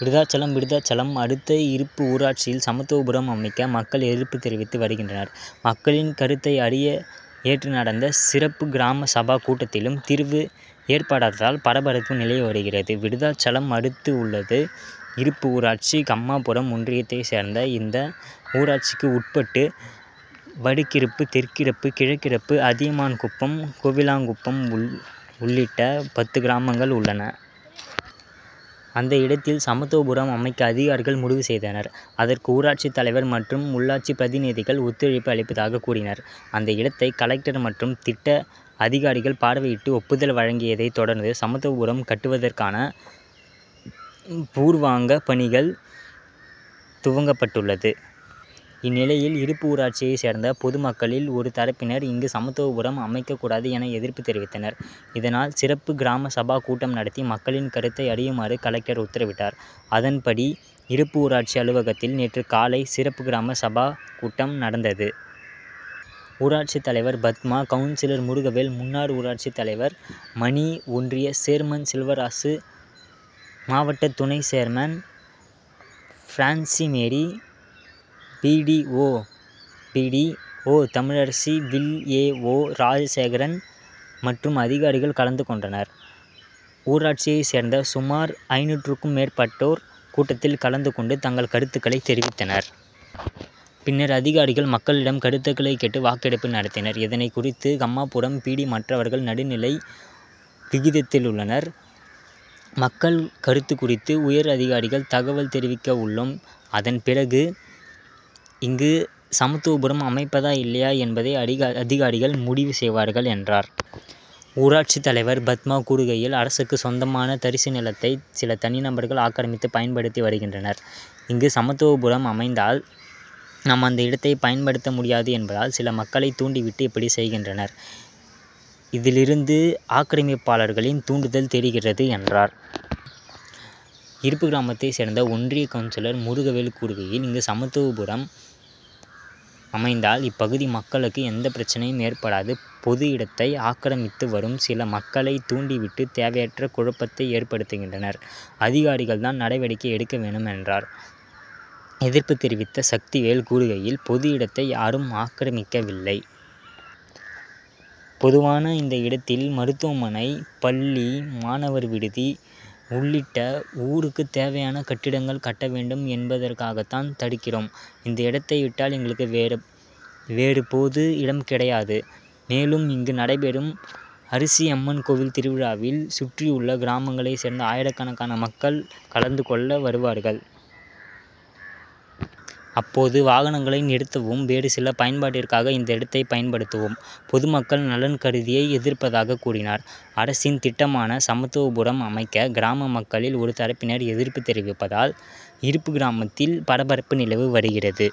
விருத்தாசலம் விருத்தாசலம் அடுத்த இருப்பு ஊராட்சியில் சமத்துவபுரம் அமைக்க கிராம மக்கள் எதிர்ப்பு தெரிவித்து வருகின்றனர். மக்களின் கருத்தை அறிய நேற்று நடந்த சிறப்பு கிராம சபா கூட்டத்திலும் தீர்வு ஏற்படாததால் பரபரப்பு நிலவி வருகிறது. விருத்தாசலம் அடுத்து உள்ளது இருப்பு ஊராட்சி. கம்மாபுரம் ஒன்றியத்தை சேர்ந்த இந்த ஊராட்சிக்கு உட்பட்டு வடக்கிருப்பு, தெற்கிருப்பு, கிழக்கிருப்பு, அதியமான்குப்பம், கோவிலாங்குப்பம் உள் ளிட்ட பத்து கிராமங்கள் உள்ளன. அந்த இடத்தில் சமத்துவபுரம் அமைக்க அதிகாரிகள் முடிவு செய்தனர். அதற்கு ஊராட்சி தலைவர் மற்றும் உள்ளாட்சி பிரதிநிதிகள் ஒத்துழைப்பு அளிப்பதாக கூறினர். அந்த இடத்தை கலெக்டர் மற்றும் திட்ட அதிகாரிகள் பார்வையிட்டு ஒப்புதல் வழங்கியதை தொடர்ந்து சமத்துவபுரம் கட்டுவதற்கான பூர் வாங்க பணி துவங்கப் பட்டுள்ளது. இந்நிலையில் இருப்பு ஊராட்சியை சேர்ந்த பொதுமக்களில் ஒரு தரப்பினர் இங்கு சமத்துவபுரம் அமைக்க கூடாது என எதிர்ப்பு தெரிவித்தனர். இதனால் சிறப்பு கிராம சபா கூட்டம் நடத்தி மக்களின் கருத்தை அறியுமாறு கலெக்டர் உத்தரவிட்டார். அதன்படி இருப்பு ஊராட்சி அலுவலகத்தில் நேற்று காலை சிறப்பு கிராம சபா கூட்டம் நடந் தது. ஊராட்சி தலைவர் பத்மா, கவுன்சிலர் முருகவேல், முன்னாள் ஊராட்சி தலைவர் மணி, ஒன்றிய சேர்மன் செல்வராசு, மாவட்ட துணை chairman Francis Mary, B. D. O., Tamilarasi, V. A. O., Rajasekaran மற்றும் அதிகாரிகள் கலந்து கொண்டனர். ஊராட்சியை சேர்ந்த சுமார் ஐந்நூறுக்கும் மேற்பட்டோர் கூட்டத்தில் கலந்து கொண்டு தங்கள் கருத்துகளை தெரிவித்தனர். பின் னர் அதிகாரிகள் மக்களிடம் கருத்துகளை கேட்டு வாக்கெடுப்பு நடத்தினர். இதுகுறித்து கம்மாபுரம் பி. டி. மற்றவர்கள் நடுநிலை வகித்துள்ளனர். மக்களின் கருத்து குறித்து உயர் அதிகாரிகளுக்கு தகவல் தெரிவிக்க உள்ளோம். அதன் பிறகு இங்கு சமத்துவபுரம் அமைப்பதா? இல்லையா என்பதை அதிகாரிகள் முடிவு செய்வார்கள் என்றார். ஊராட்சி தலைவர் பத்மா கூறுகையில், அரசுக்கு சொந்தமான தரிசு நிலத்தை சில தனி நபர்கள் ஆக்கிரமித்து பயன்படுத்தி வருகின்றனர். இங்கு சமத் துவபுரம் அமைந்தால் நாம் அந்த இடத்தை பயன்படுத்த முடியாது என்பதால் சிலர் மக்களை தூண்டிவிட்டு இப்படி செய்கின்றனர். இதிலிருந்து ஆக்கிரமிப்பாளர்களின் தூண்டுதல் தெரிகிறது என்றார். இருப்பு கிராமத்தை சேர்ந்த ஒன்றிய கவுன்சிலர் முருகவேல் கூறுகையில், இங்கு சமத்துவபுரம் அமைவதால் இப்பகுதி மக்களுக்கு எந்த பிரச்னையும் ஏற்படாது. பொது இடத்தை ஆக்கிரமித்து வரும் சிலர் மக்களை தூண்டி விட்டு தேவையற்ற குழப்பத்தை ஏற்படுத்துகின்றனர். அதிகாரிகள் தான் நடவடிக்கை எடுக்கவேண்டும் என்றார். எதிர்ப்பு தெரிவித்த சக்திவேல் கூறுகையில் பொது இடத்தை யாரும் ஆக்கிரமிக்கவில்லை. பொதுவான இந்த இடத்தில் மருத்துவமனை, பள்ளி, மாணவர் விடுதி உள்ளிட்ட ஊருக்கு தேவையான கட்டிடங்கள் கட்ட வேண்டும் என்பதற்காகதான் தடுக்கிறோம். இந்த இடத்தை விட்டால் எங்களுக்கு வேறு பொது இடம் கிடையாது. மேலும் இங்கு நடைபெறும் அரசியம்மன் கோவில் திருவிழாவில் சுற் றியுள்ள கிராமங்களை சேர்ந்த ஆயிரக்கணக்கான மக்கள் கலந்து கொள் வார்கள். அப்போது வாகனங்களை நிறுத்தவும், வேறு சில பயன்பாட் டிற்காக இந்த இடத்தை பயன்படுத்துவோம். பொதுமக்கள் நலன் கருதியே எதிர்ப்பதாக கூறினார். அரசின் திட்டமான சமத்துவபுரம் அமைக்க கிராம மக்களில் ஒரு தரப்பினர் எதிர்ப்பு தெரிவிப்பதால் இருப்பு கிராமத்தில் பரபரப்பு நிலவி வருகிறது.